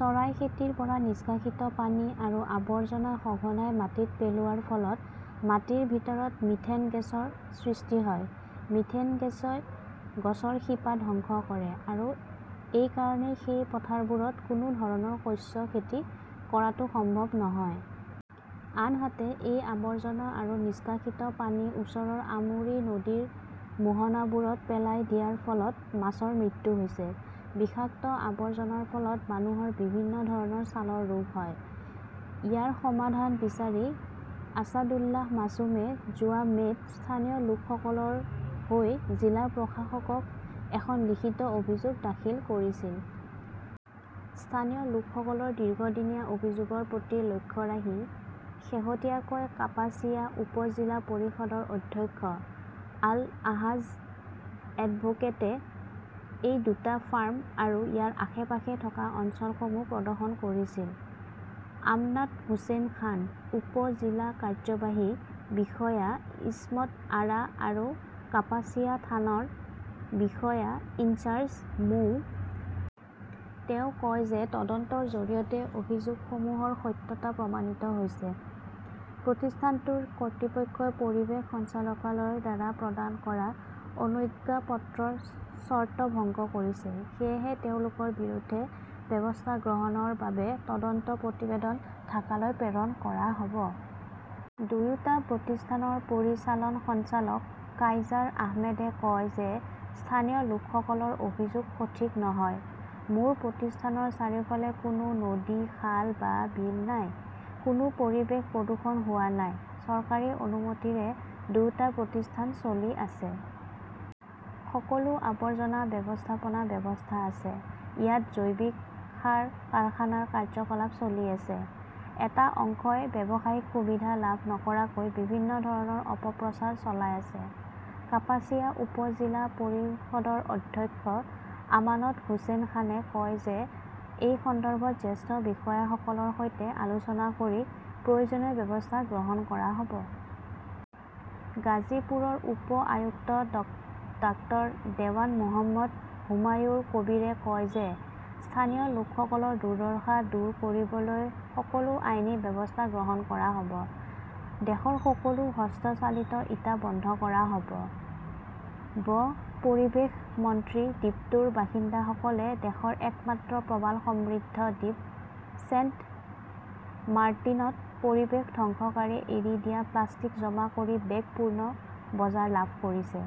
চৰাই খেতিৰ পৰা নিষ্কাশিত পানী আৰু আৱৰ্জনা সঘনাই মাটিত পেলোৱাৰ ফলত মাটিৰ ভিতৰত মিথেন গেছৰ সৃষ্টি হয়। মিথেন গেছই গছৰ শিপা ধ্বংস কৰে। আৰু এই কাৰণে সেই পথাৰবোৰত কোনো ধৰণৰ শস্য খেতি কৰাটো সম্ভৱ নহয়। আনহাতে, এই আৱৰ্জনা আৰু নিষ্কাশিত পানী ওচৰৰ আমুৰী নদীৰ মোহনাবোৰত পেলাই দিয়াৰ ফলত মাছৰ মৃত্যু হৈছে। বিষাক্ত আৱৰ্জনাৰ ফলত মানুহৰ বিভিন্ন ধৰণৰ ছালৰ ৰোগ হয়। ইয়াৰ সমাধান বিচাৰি আসাদুল্লাহ মাছুমে যোৱা মে 'ত স্থানীয় লোকসকলৰ হৈ জিলা প্ৰশাসকক এখন লিখিত অভিযোগ দাখিল কৰিছিল। স্থানীয় লোকসকলৰ দীৰ্ঘদিনীয়া অভিযোগৰ প্ৰতি লক্ষ্য ৰাখি শেহতীয়াকৈ কাপাসিয়া উপ-জিলা পৰিষদৰ অধ্যক্ষ আল-আহাজ এডভোকেটে এই দুটা ফাৰ্ম আৰু ইয়াৰ আশে-পাশে থকা অঞ্চলসমূহ পৰিদৰ্শন কৰিছিল। আমনাত হোসেন খান, উপ-জিলা কাৰ্যবাহী বিষয়া ইছমত আৰা আৰু কাপাসিয়া থানাৰ বিষয়া-ইন-চাৰ্জ মো. তেওঁ কয় যে তদন্তৰ জৰিয়তে অভিযোগসমূহৰ সত্যতা প্ৰমাণিত হৈছে। প্ৰতিষ্ঠানটোৰ কৰ্তৃপক্ষই পৰিৱেশ সঞ্চালকালয়ৰ দ্বাৰা প্ৰদান কৰা অনুজ্ঞাপত্ৰৰ চৰ্ত ভংগ কৰিছে। সেয়েহে তেওঁলোকৰ বিৰুদ্ধে ব্যৱস্থা গ্ৰহণৰ বাবে তদন্ত প্ৰতিবেদন ঢাকালৈ প্ৰেৰণ কৰা হ "ব। দুয়োটা প্ৰতিষ্ঠানৰ পৰিচালন সঞ্চালক কাইজাৰ আহমেদে কয় যে স্থানীয় লোকসকলৰ অভিযোগ সঠিক নহয়। মোৰ প্ৰতিষ্ঠানৰ চাৰিওফালে কোনো নদী, খাল বা বিল নাই। কোনো পৰিৱেশ প্ৰদূষণ হোৱা নাই। চৰকাৰী অনুমতিৰে দুয়োটা প্ৰতিষ্ঠান চলি আছে। সকলো আৱৰ্জনা ব্যৱস্থাপনা ব্যৱস্থা আছে। ইয়াত জৈৱিক সাৰ কাৰখানাৰ কাৰ্য্যকলাপ চলি আছে। এটা অংশই ব্যৱসায়িক সুবিধা লাভ নকৰাকৈ বিভিন্ন ধৰণৰ অপপ্ৰচাৰ চলাই আছে। কাপাসিয়া উপ-জিলা পৰিষদৰ অধ্যক্ষ আমানত হোসেন খানে কয় যে এই সন্দৰ্ভত জ্যেষ্ঠ বিষয়াসকলৰ সৈতে আলোচনা কৰি প্ৰয়োজনীয় ব্যৱস্থা গ্ৰহণ কৰা হ "ব। গাজীপুৰৰ উপ-আয়ুক্ত ডাঃ দেৱান মহম্মদ হুমায়ুৰ কবীৰে কয় যে স্থানীয় লোকসকলৰ দুৰ্দশা দূৰ কৰিবলৈ সকলো আইনী ব্যৱস্থা গ্ৰহণ কৰা হ "ব। দেশৰ সকলো হস্তচালিত ইটা বন্ধ কৰা হ "বঃ পৰিৱেশ মন্ত্ৰী দ্বীপটোৰ বাসিন্দাসকলে দেশৰ একমাত্ৰ প্ৰবাল সমৃদ্ধ দ্বীপ ছেইণ্টমাৰ্টিনত পৰিৱেশ ধ্বংসকাৰী এৰি দিয়া প্লাষ্টিক জমা কৰি বেগ-পূৰ্ণ বজাৰ লাভ কৰিছে।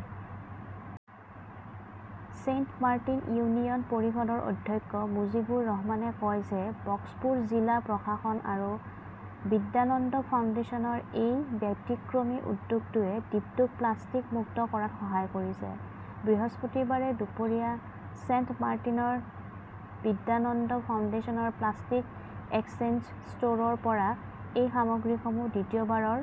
ছেইণ্টমাৰ্টিন ইউনিয়ন পৰিষদৰ অধ্যক্ষ মুজিবুৰ ৰহমানে কয় যে কক্সপুৰ জিলা প্ৰশাসন আৰু বিদ্যানন্দ ফাউণ্ডেশ্যনৰ এই ব্যতিক্ৰমী উদ্যোগটোৱে দ্বীপটোক প্লাষ্টিক মুক্ত কৰাত সহায় কৰিছে। বৃহস্পতিবাৰে দুপৰীয়া ছেইণ্টমাৰ্টিনৰ বিদ্যানন্দ ফাউণ্ডেশ্যনৰ প্লাষ্টিক এক্সচেঞ্জ ষ্ট "ৰৰ পৰা এই সামগ্ৰীসমূহ দ্বিতীয়বাৰৰ